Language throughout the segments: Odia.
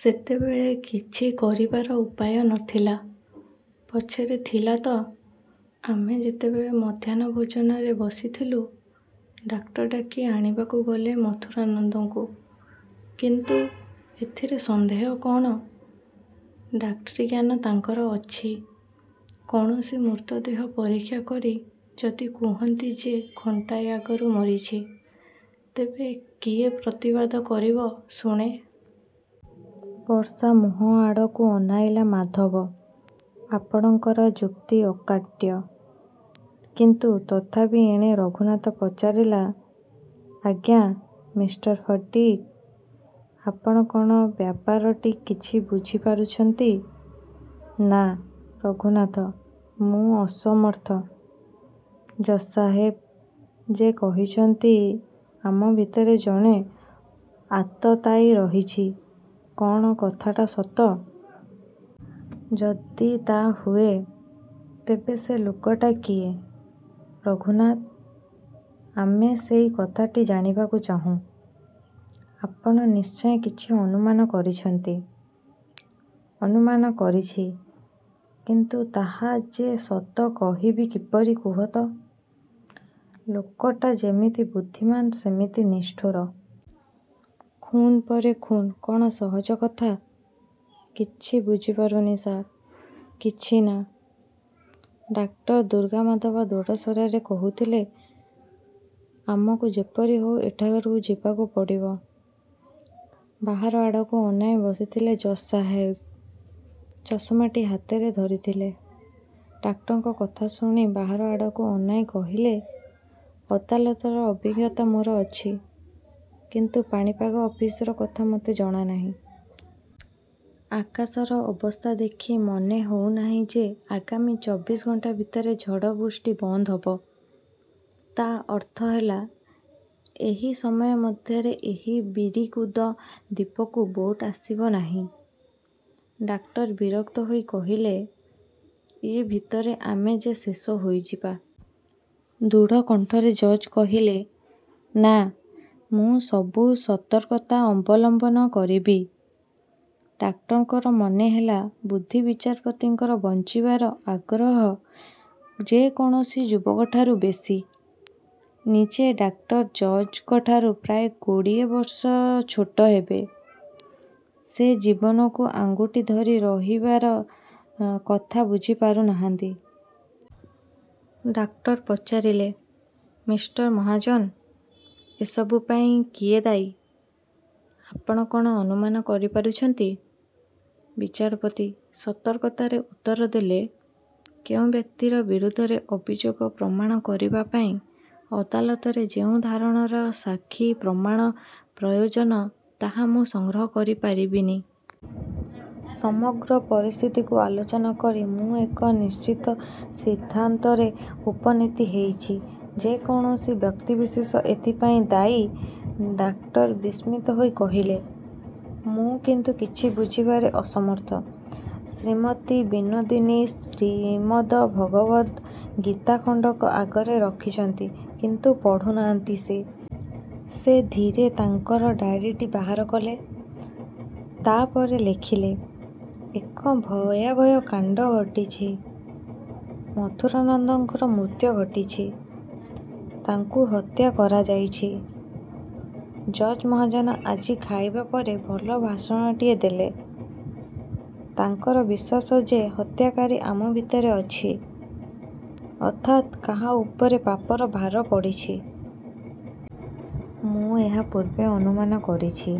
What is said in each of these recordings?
ସେତେବେଳେ କିଛି କରିବାର ଉପାୟ ନ ଥିଲା। ପଛରେ ଥିଲା ତ! ଆମେ ଯେତେବେଳେ ମଧ୍ୟାହ୍ନ ଭୋଜନରେ ବସିଥିଲୁ, ଡାକ୍ତର ଡାକି ଆଣିବାକୁ ଗଲେ ମଥୁରାନନ୍ଦଙ୍କୁ। କିନ୍ତୁ? ଏଥିରେ ସନ୍ଦେହ କ'ଣ? ଡାକ୍ତରୀ ଜ୍ଞାନ ତାଙ୍କର ଅଛି। କୌଣସି ମୃତ ଦେହ ପରୀକ୍ଷା କରି ଯଦି କହନ୍ତି ଯେ ଘଣ୍ଟାଏ ଆଗରୁ ମରିଛି, ତେବେ କିଏ ପ୍ରତିବାଦ କରିବ, ଶୁଣେ? ବର୍ଷା ମୁହଁ ଆଡ଼କୁ ଅନାଇଲା ମାଧବ, ଆପଣଙ୍କର ଯୁକ୍ତି ଅକାଟ୍ୟ। କିନ୍ତୁ ତଥାପି ଏଣେ ରଘୁନାଥ ପଚାରିଲା, ଆଚ୍ଛା, ମିଷ୍ଟର ଫଟିକ୍, ଆପଣ କ'ଣ ବ୍ୟାପାରଟି କିଛି ବୁଝିପାରୁଛନ୍ତି? ନା, ରଘୁନାଥ, ମୁଁ ଅସମର୍ଥ। ଜଜ୍ ସାହେବ ଯେ କହୁଛନ୍ତି, ଆମ ଭିତରେ ଜଣେ ଆତତାୟୀ ରହିଛି, କ'ଣ କଥାଟା ସତ? ଯଦି ତାହା ହୁଏ, ତେବେ ସେ ଲୋକଟି କିଏ? ରଘୁନାଥ, ଆମେ ସେଇ କଥାଟି ଜାଣିବାକୁ ଚାହୁଁ। ଆପଣ ନିଶ୍ଚୟ କିଛି ଅନୁମାନ କରିଛନ୍ତି। ଅନୁମାନ କରିଛି, କିନ୍ତୁ ତାହା ଯେ ସତ କହିବି କିପରି କୁହ ତ! ଲୋକଟା ଯେମିତି ବୁଦ୍ଧିମାନ୍ ସେମିତି ନିଷ୍ଠୁର। ଖୁନ୍ ପରେ ଖୁନ୍ କ'ଣ ସହଜ କଥା! କିଛି ବୁଝିପାରୁନି ସାର୍, କିଛି ନା। ଡାକ୍ତର ଦୁର୍ଗାମାଧବ ଦୃଢ଼ ସ୍ଵରରେ କହୁଥିଲେ, ଆମକୁ ଯେପରି ହେଉ ଏଠାରୁ ଯିବାକୁ ପଡ଼ିବ। ବାହାର ଆଡ଼କୁ ଅନାଇ ବସିଥିଲେ ଜଜ୍ ସାହେବ। ଚଷମାଟି ହାତରେ ଧରିଥିଲେ। ଡାକ୍ତରଙ୍କ କଥା ଶୁଣି ବାହାର ଆଡ଼କୁ ଅନାଇ କହିଲେ, ଅଦାଲତର ଅଭିଜ୍ଞତା ମୋର ଅଛି, କିନ୍ତୁ ପାଣିପାଗ ଅଫିସର କଥା ମୋତେ ଜଣା ନାହିଁ। ଆକାଶର ଅବସ୍ଥା ଦେଖି ମନେହେଉନାହିଁ ଯେ ଆଗାମୀ ଚବିଶ ଘଣ୍ଟା ଭିତରେ ଝଡ଼ ବୃଷ୍ଟି ବନ୍ଦ ହେବ। ତା ଅର୍ଥ ହେଲା, ଏହି ସମୟ ମଧ୍ୟରେ ଏହି ବରିକୁଦ ଦ୍ଵୀପକୁ ବୋଟ ଆସିବ ନାହିଁ। ଡାକ୍ତର ବିରକ୍ତ ହୋଇ କହିଲେ, ଏ ଭିତରେ ଆମେ ଯେ ଶେଷ ହୋଇଯିବା। ଦୃଢ଼ କଣ୍ଠରେ ଜଜ୍ କହିଲେ, ନା, ମୁଁ ସବୁ ସତର୍କତା ଅବଲମ୍ବନ କରିବି। ଡାକ୍ତରଙ୍କର ମନେହେଲା ବୃଦ୍ଧ ବିଚାରପତିଙ୍କର ବଞ୍ଚିବାର ଆଗ୍ରହ ଯେକୌଣସି ଯୁବକଠାରୁ ବେଶି। ନିଜେ ଡାକ୍ତର ଜଜ୍ ଙ୍କଠାରୁ ପ୍ରାୟ କୋଡ଼ିଏ ବର୍ଷ ଛୋଟ ହେବେ। ସେ ଜୀବନକୁ ଆଙ୍କୁଡ଼ି ଧରି ରହିବାର କଥା ଭାବିପାରୁନାହାନ୍ତି। ଡାକ୍ତର ପଚାରିଲେ, ମିଷ୍ଟର ମହାଜନ, ଏହିସବୁ ପାଇଁ କିଏ ଦାୟୀ, ଆପଣ କ'ଣ ଅନୁମାନ କରିପାରୁଛନ୍ତି? ବିଚାରପତି ସତର୍କତାରେ ଉତ୍ତର ଦେଲେ, କେଉଁ ବ୍ୟକ୍ତିର ବିରୁଦ୍ଧରେ ଅଭିଯୋଗ ପ୍ରମାଣ କରିବା ପାଇଁ ଅଦାଲତରେ ଯେଉଁ ଧରଣର ସାକ୍ଷୀ ପ୍ରମାଣ ପ୍ରୟୋଜନ ତାହା ମୁଁ ସଂଗ୍ରହ କରିପାରିନି। ସମଗ୍ର ପରିସ୍ଥିତିକୁ ଆଲୋଚନା କରି ମୁଁ ଏକ ନିଶ୍ଚିତ ସିଦ୍ଧାନ୍ତରେ ଉପନୀତ ହୋଇଛି ଯେ କୌଣସି ବ୍ୟକ୍ତିବିଶେଷ ଏଥିପାଇଁ ଦାୟୀ। ଡାକ୍ତର ବିସ୍ମିତ ହୋଇ କହିଲେ, ମୁଁ କିନ୍ତୁ କିଛି ବୁଝିବାରେ ଅସମର୍ଥ। ଶ୍ରୀମତୀ ବିନୋଦିନୀ ଶ୍ରୀମଦ୍ ଭଗବଦ୍ ଗୀତା ଖଣ୍ଡିକ ଆଗରେ ରଖିଛନ୍ତି, କିନ୍ତୁ ପଢ଼ୁନାହାନ୍ତି ସେ। ସେ ଧୀରେ ତାଙ୍କର ଡାଏରୀଟି ବାହାର କଲେ। ତା ପରେ ଲେଖିଲେ, ଏକ ଭୟାବହ କାଣ୍ଡ ଘଟିଛି। ମଥୁରାନନ୍ଦଙ୍କର ମୃତ୍ୟୁ ଘଟିଛି। ତାଙ୍କୁ ହତ୍ୟା କରାହୋଇଛି। ଜଜ୍ ମହାଜନ ଆଜି ଖାଇବା ପରେ ଭଲ ଭାଷଣଟିଏ ଦେଲେ। ତାଙ୍କର ବିଶ୍ୱାସ ଯେ ହତ୍ୟାକାରୀ ଆମ ଭିତରେ ଅଛି, ଅର୍ଥାତ୍ କାହା ଉପରେ ପାପର ଭାର ପଡ଼ିଛି। ମୁଁ ଏହା ପୂର୍ବେ ଅନୁମାନ କରିଛି।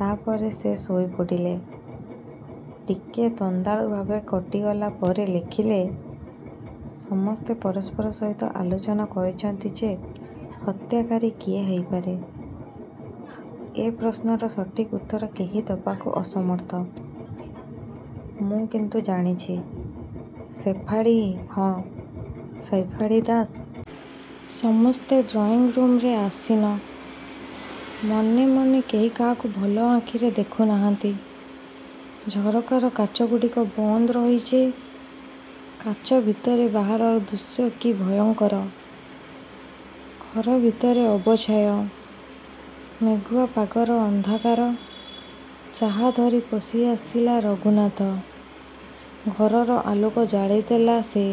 ତା ପରେ ସେ ଶୋଇପଡ଼ିଲେ। ଟିକିଏ ତନ୍ଦ୍ରାଳୁ ଭାବ କଟିଗଲା ପରେ ଲେଖିଲେ, ସମସ୍ତେ ପରସ୍ପର ସହିତ ଆଲୋଚନା କରୁଛନ୍ତି ଯେ ହତ୍ୟାକାରୀ କିଏ ହୋଇପାରେ? ଏ ପ୍ରଶ୍ନର ସଠିକ ଉତ୍ତର କେହି ଦେବାକୁ ଅସମର୍ଥ। ମୁଁ କିନ୍ତୁ ଜାଣିଛି, ଶେଫାଳୀ ହଁ, ଶେଫାଳୀ ଦାସ। ସମସ୍ତେ ଡ୍ରଇଂ ରୁମରେ ଆସୀନ। ମନେ ମନେ କେହି କାହାକୁ ଭଲ ଆଖିରେ ଦେଖୁନାହାନ୍ତି। ଝରକାର କାଚଗୁଡ଼ିକ ବନ୍ଦ ରହିଛି। କାଚ ଭିତରେ ବାହାରର ଦୃଶ୍ୟ କି ଭୟଙ୍କର! ଘର ଭିତରେ ଅବଚ୍ଛାୟା। ମେଘୁଆ ପାଗର ଅନ୍ଧକାର। ଚାହା ଧରି ପଶିଆସିଲା ରଘୁନାଥ। ଘରର ଆଲୋକ ଜାଳିଦେଲା ସେ।